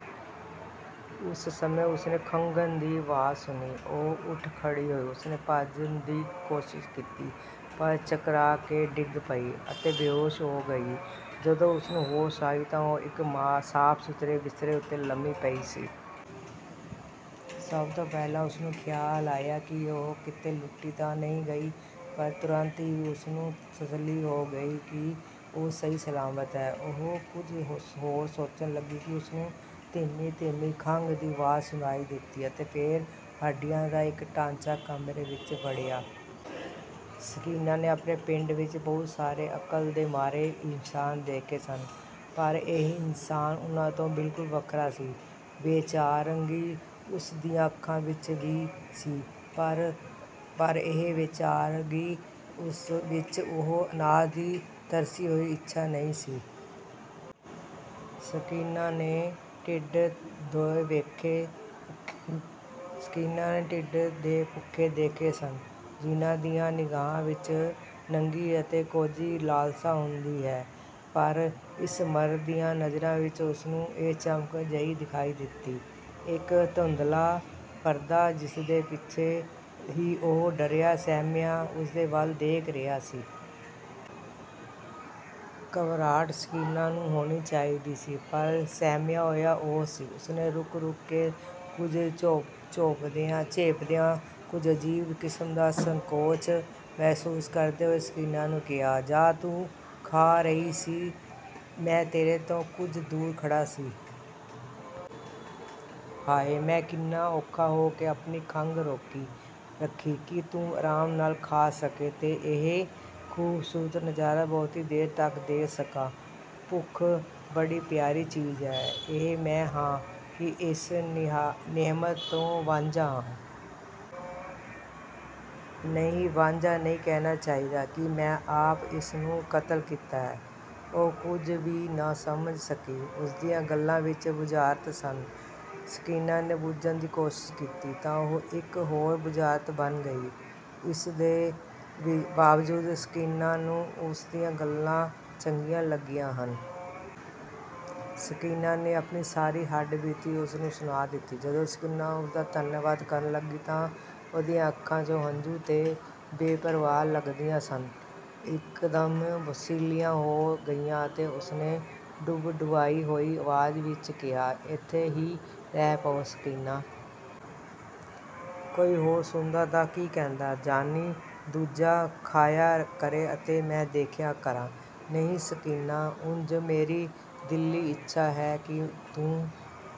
ਉਸੇ ਸਮੇਂ ਉਸਨੇ ਖੰਘਣ ਦੀ ਆਵਾਜ਼ ਸੁਣੀ। ਉਹ ਉੱਠ ਖੜ੍ਹੀ ਹੋਈ, ਉਸਨੇ ਭੱਜਣ ਦੀ ਕੋਸ਼ਿਸ਼ ਕੀਤੀ, ਪਰ ਚਕਰਾ ਕੇ ਡਿੱਗ ਪਈ ਅਤੇ ਬੇਹੋਸ਼ ਹੋ ਗਈ। ਜਦੋਂ ਉਸ ਨੂੰ ਹੋਸ਼ ਆਈ ਤਾਂ ਉਹ ਇਕ ਸਾਫ਼-ਸੁਥਰੇ ਬਿਸਤਰੇ ਉਤੇ ਲੰਮੀ ਪਈ ਸੀ। ਸਭ ਤੋਂ ਪਹਿਲਾਂ ਉਸਨੂੰ ਖ਼ਿਆਲ ਆਇਆ ਕਿ ਉਹ ਕਿਤੇ ਲੁੱਟੀ ਤਾਂ ਨਹੀਂ ਗਈ, ਪਰ ਤੁਰੰਤ ਹੀ ਉਸਨੂੰ ਤਸੱਲੀ ਹੋ ਗਈ ਕਿ ਉਹ ਸਹੀ ਸਲਾਮਤ ਹੈ। ਉਹ ਕੁਝ ਹੋਰ ਸੋਚਣ ਲੱਗੀ ਕਿ ਉਸਨੂੰ ਧੀਮੀ-ਧੀਮੀ ਖੰਘ ਦੀ ਆਵਾਜ਼ ਸੁਣਾਈ ਦਿੱਤੀ ਅਤੇ ਫੇਰ ਹੱਡੀਆਂ ਦਾ ਇਕ ਢਾਂਚਾ ਕਮਰੇ ਵਿਚ ਵੜਿਆ। ਸਕੀਨਾ ਨੇ ਆਪਣੇ ਪਿੰਡ ਵਿਚ ਬਹੁਤ ਸਾਰੇ ਅਕਲ ਦੇ ਮਾਰੇ ਇਨਸਾਨ ਦੇਖੇ ਸਨ, ਪਰ ਇਹ ਇਨਸਾਨ ਉਨ੍ਹਾਂ ਤੋਂ ਬਿਲਕੁਲ ਵੱਖਰਾ ਸੀ; ਬੇਚਾਰਗੀ ਉਸ ਦੀਆਂ ਅੱਖਾਂ ਵਿਚ ਵੀ ਸੀ, ਪਰ ਇਸ ਬੇਚਾਰਗੀ ਵਿਚ ਉਹ ਅਨਾਜ ਦੀ ਤਰਸੀ ਹੋਈ ਇੱਛਾ ਨਹੀਂ ਸੀ। ਸਕੀਨਾ ਨੇ ਢਿੱਡ ਦੇ ਭੁੱਖੇ ਦੇਖੇ ਸਨ, ਜਿਨ੍ਹਾਂ ਦੀਆਂ ਨਿਗਾਹਾਂ ਵਿਚ ਇਕ ਨੰਗੀ ਅਤੇ ਕੋਝੀ ਲਾਲਸਾ ਹੁੰਦੀ ਹੈ, ਪਰ ਇਸ ਮਰਦ ਦੀਆਂ ਨਜ਼ਰਾਂ ਵਿਚ ਉਹਨੂੰ ਇਕ ਚਮਕ ਜਹੀ ਦਿਖਾਈ ਦਿੱਤੀ, ਇਕ ਧੁੰਦਲਾ ਪਰਦਾ, ਜਿਸਦੇ ਪਿਛੋਂ ਦੀ ਉਹ ਡਰਿਆ-ਸਹਿਮਿਆ ਉਸਦੇ ਵੱਲ ਦੇਖ ਰਿਹਾ ਸੀ। ਘਬਰਾਹਟ ਸਕੀਨਾ ਨੂੰ ਹੋਣੀ ਚਾਹੀਦੀ ਸੀ, ਪਰ ਸਹਿਮਿਆ ਹੋਇਆ ਉਹ ਸੀ। ਉਹਨੇ ਰੁਕ-ਰੁਕ ਕੇ, ਕੁਝ ਝੇਂਪਦਿਆਂ, ਕੁਝ ਅਜੀਬ ਕਿਸਮ ਦਾ ਸੰਕੋਚ ਮਹਿਸੂਸ ਕਰਦੇ ਹੋਏ ਸਕੀਨਾ ਨੂੰ ਕਿਹਾ, "ਜਦ ਤੂੰ ਖਾ ਰਹੀ ਸੀ, ਮੈਂ ਤੇਰੇ ਤੋਂ ਕੁਝ ਦੂਰ ਖੜ੍ਹਾ ਸੀ। ਹਾਇ! ਮੈਂ ਕਿੰਨਾ ਔਖਾ ਹੋ ਕੇ ਆਪਣੀ ਖੰਘ ਰੋਕੀ ਰੱਖੀ ਕਿ ਤੂੰ ਆਰਾਮ ਨਾਲ ਖਾ ਸਕੇਂ ਤੇ ਇਹ ਖ਼ੂਬਸੂਰਤ ਨਜ਼ਾਰਾ ਬਹੁਤੀ ਦੇਰ ਤਕ ਦੇਖ ਸਕਾਂ। ਭੁੱਖ ਬੜੀ ਪਿਆਰੀ ਚੀਜ਼ ਹੈ। "ਇਹ ਮੈਂ ਹਾਂ ਕਿ ਇਸ ਨਿਹਮਤ ਤੋਂ ਵਾਂਝਾ ਹਾਂ। ਨਹੀਂ, ਵਾਂਝਾ ਨਹੀਂ, ਕਹਿਣਾ ਚਾਹੀਦਾ ਹੈ ਕਿ ਮੈਂ ਆਪ ਇਸ ਨੂੰ ਕਤਲ ਕੀਤਾ ਹੈ।" ਉਹ ਕੁਝ ਵੀ ਨਾ ਸਮਝ ਸਕੀ। ਉਸਦੀਆਂ ਗੱਲਾਂ ਇਕ ਬੁਝਾਰਤ ਸਨ। ਸਕੀਨਾ ਨੇ ਬੁੱਝਣ ਦੀ ਕੋਸ਼ਿਸ਼ ਕੀਤੀ ਤਾਂ ਉਹ ਇਕ ਹੋਰ ਬੁਝਾਰਤ ਬਣ ਗਈ; ਇਸਦੇ ਬਾਵਜੂਦ ਸਕੀਨਾ ਨੂੰ ਉਸਦੀਆਂ ਗੱਲਾਂ ਚੰਗੀਆਂ ਲੱਗੀਆਂ, ਉਹਨਾਂ ਵਿਚ ਇਨਸਾਨੀਅਤ ਦੀ ਗਰਮੀ ਸੀ। ਸਕੀਨਾ ਨੇ ਆਪਣੀ ਸਾਰੀ ਹੱਡ-ਬੀਤੀ ਉਸਨੂੰ ਸੁਣਾਅ ਦਿੱਤੀ। ਜਦੋਂ ਸਕੀਨਾ ਉਸਦਾ ਧੰਨਵਾਦ ਕਰਨ ਲੱਗੀ ਤਾਂ ਉਹਦੀਆਂ ਅੱਖਾਂ, ਜੋ ਹੰਝੂਆਂ ਤੋਂ ਬੇਪ੍ਰਵਾਹ ਲੱਗਦੀਆਂ ਸਨ, ਇਕਦਮ ਸਿੱਲ੍ਹੀਆਂ ਹੋ ਗਈਆਂ ਅਤੇ ਉਹਨੇ ਡੁਬਡੁਬਾਈ ਹੋਈ ਆਵਾਜ਼ ਵਿਚ ਕਿਹਾ, "ਏਥੇ ਈ ਰਹਿ ਪਓ ਸਕੀਨਾ। ਕੋਈ ਹੋਰ ਸੁਣਦਾ ਤਾਂ ਕੀ ਕਹਿੰਦਾ? ਜਾਣੀ ਦੂਜਾ ਖਾਇਆ ਕਰੇ ਅਤੇ ਮੈਂ ਦੇਖਿਆ ਕਰਾਂ? ਨਹੀਂ ਸਕੀਨਾ ਉਂਝ ਮੇਰੀ ਦਿਲੀ ਇੱਛਾ ਹੈ ਕਿ ਤੂੰ